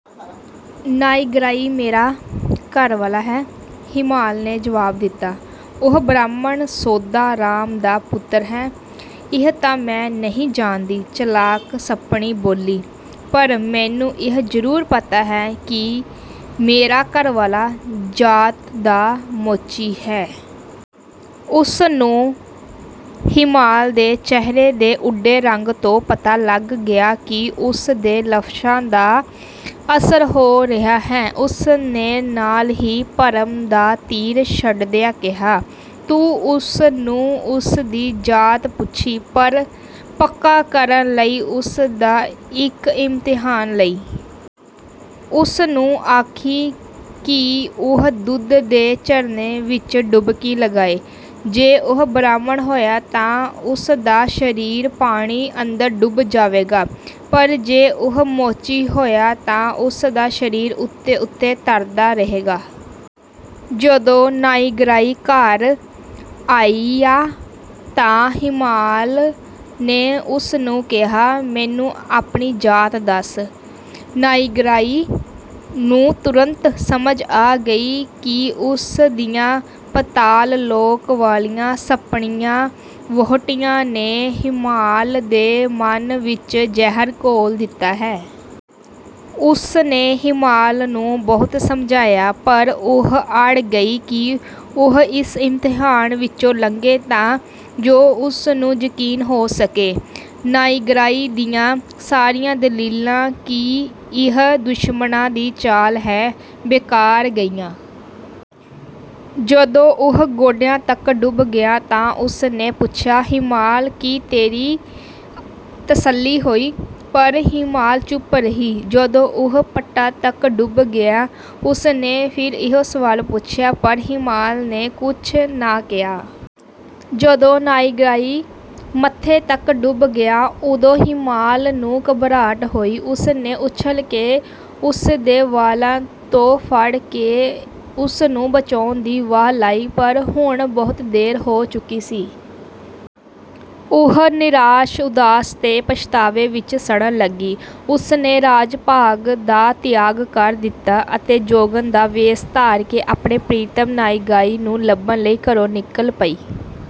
"ਨਾਇਗ੍ਰਾਈ ਮੇਰਾ ਘਰਵਾਲਾ ਹੈ," ਹੀਮਾਲ ਨੇ ਜਵਾਬ ਦਿੱਤਾ, "ਉਹ ਬ੍ਰਾਹਮਣ ਸੋਧਾ ਰਾਮ ਦਾ ਪੁੱਤਰ ਹੈ।" "ਇਹ ਤਾਂ ਮੈਂ ਨਹੀਂ ਜਾਣਦੀ," ਚਲਾਕ ਸੱਪਣੀ ਬੋਲੀ, "ਪਰ ਮੈਨੂੰ ਇਹ ਜ਼ਰੂਰ ਪਤਾ ਹੈ ਕਿ ਮੇਰਾ ਘਰਵਾਲਾ ਜਾਤ ਦਾ ਮੋਚੀ ਹੈ।" ਉਸ ਨੂੰ ਹੀਮਾਲ ਦੇ ਚਿਹਰੇ ਦੇ ਉੱਡੇ ਰੰਗ ਤੋਂ ਪਤਾ ਲੱਗ ਗਿਆ ਕਿ ਉਸ ਦੇ ਲਫ਼ਜ਼ਾਂ ਦਾ ਅਸਰ ਹੋ ਰਿਹਾ ਹੈ। ਉਸ ਨੇ ਨਾਲ ਹੀ ਭਰਮ ਦਾ ਤੀਰ ਛੱਡਦਿਆਂ ਕਿਹਾ, "ਤੂੰ ਉਸ ਨੂੰ ਉਸ ਦੀ ਜਾਤ ਪੁੱਛੀਂ, ਪਰ ਪੱਕਾ ਕਰਨ ਲਈ ਉਸ ਦਾ ਇੱਕ ਇਮਤਿਹਾਨ ਲਈਂ। ਉਸ ਨੂੰ ਆਖੀਂ ਕਿ ਉਹ ਦੁੱਧ ਦੇ ਝਰਨੇ ਵਿੱਚ ਡੁਬਕੀ ਲਗਾਏ। ਜੇ ਉਹ ਬ੍ਰਾਹਮਣ ਹੋਇਆ ਤਾਂ ਉਸ ਦਾ ਸਰੀਰ ਪਾਣੀ ਅੰਦਰ ਡੁੱਬ ਜਾਵੇਗਾ, ਪਰ ਜੇ ਉਹ ਮੋਚੀ ਹੋਇਆ ਤਾਂ ਉਸ ਦਾ ਸਰੀਰ ਉੱਤੇ-ਉੱਤੇ ਤਰਦਾ ਰਹੇਗਾ।" ਜਦੋਂ ਨਾਇਗ੍ਰਾਈ ਘਰ ਆਇਆ ਤਾਂ ਹੀਮਾਲ ਨੇ ਉਸ ਨੂੰ ਕਿਹਾ, "ਮੈਨੂੰ ਆਪਣੀ ਜਾਤ ਦੱਸ।" ਨਾਇਗ੍ਰਾਈ ਨੂੰ ਤੁਰੰਤ ਸਮਝ ਆ ਗਈ ਕਿ ਉਸ ਦੀਆਂ ਪਤਾਲ-ਲੋਕ ਵਾਲੀਆਂ ਸੱਪਣੀਆਂ-ਵਹੁਟੀਆਂ ਨੇ ਹੀਮਾਲ ਦੇ ਮਨ ਵਿੱਚ ਜ਼ਹਿਰ ਘੋਲ ਦਿੱਤਾ ਹੈ। ਉਸ ਨੇ ਹੀਮਾਲ ਨੂੰ ਬਹੁਤ ਸਮਝਾਇਆ, ਪਰ ਉਹ ਅੜ ਗਈ ਕਿ ਉਹ ਇਸ ਇਮਤਿਹਾਨ ਵਿੱਚੋਂ ਲੰਘੇ ਤਾਂ ਜੋ ਉਸ ਨੂੰ ਯਕੀਨ ਹੋ ਸਕੇ। ਨਾਇਗ੍ਰਾਈ ਦੀਆਂ ਸਾਰੀਆਂ ਦਲੀਲਾਂ ਕਿ ਇਹ ਦੁਸ਼ਮਣਾਂ ਦੀ ਚਾਲ ਹੈ, ਬੇਕਾਰ ਗਈਆਂ। ਜਦੋਂ ਉਹ ਗੋਡਿਆਂ ਤੱਕ ਡੁੱਬ ਗਿਆ ਤਾਂ ਉਸ ਨੇ ਪੁੱਛਿਆ, "ਹੀਮਾਲ, ਕੀ ਤੇਰੀ ਤਸੱਲੀ ਹੋਈ?" ਪਰ ਹੀਮਾਲ ਚੁੱਪ ਰਹੀ। ਜਦੋਂ ਉਹ ਪੱਟਾਂ ਤੱਕ ਡੁੱਬ ਗਿਆ, ਉਸ ਨੇ ਫਿਰ ਇਹੋ ਸਵਾਲ ਪੁੱਛਿਆ, ਪਰ ਹੀਮਾਲ ਨੇ ਕੁਝ ਨਾ ਕਿਹਾ। ਜਦੋਂ ਨਾਇਗ੍ਰਾਈ ਮੱਥੇ ਤੱਕ ਡੁੱਬ ਗਿਆ, ਉਦੋਂ ਹੀਮਾਲ ਨੂੰ ਘਬਰਾਹਟ ਹੋਈ। ਉਸ ਨੇ ਉੱਛਲ ਕੇ ਉਸ ਦੇ ਵਾਲਾਂ ਤੋਂ ਫੜ ਕੇ ਉਸ ਨੂੰ ਬਚਾਉਣ ਦੀ ਵਾਹ ਲਾਈ, ਪਰ ਹੁਣ ਬਹੁਤ ਦੇਰ ਹੋ ਚੁੱਕੀ ਸੀ! ਉਹ ਨਿਰਾਸ਼, ਉਦਾਸ ਤੇ ਪਛਤਾਵੇ ਵਿੱਚ ਸੜਨ ਲੱਗੀ। ਉਸ ਨੇ ਰਾਜ-ਭਾਗ ਦਾ ਤਿਆਗ ਕਰ ਦਿੱਤਾ ਅਤੇ ਜੋਗਣ ਦਾ ਵੇਸ ਧਾਰ ਕੇ ਆਪਣੇ ਪ੍ਰੀਤਮ ਨਾਇਗ੍ਰਾਈ ਨੂੰ ਲੱਭਣ ਲਈ ਘਰੋਂ ਨਿਕਲ ਪਈ।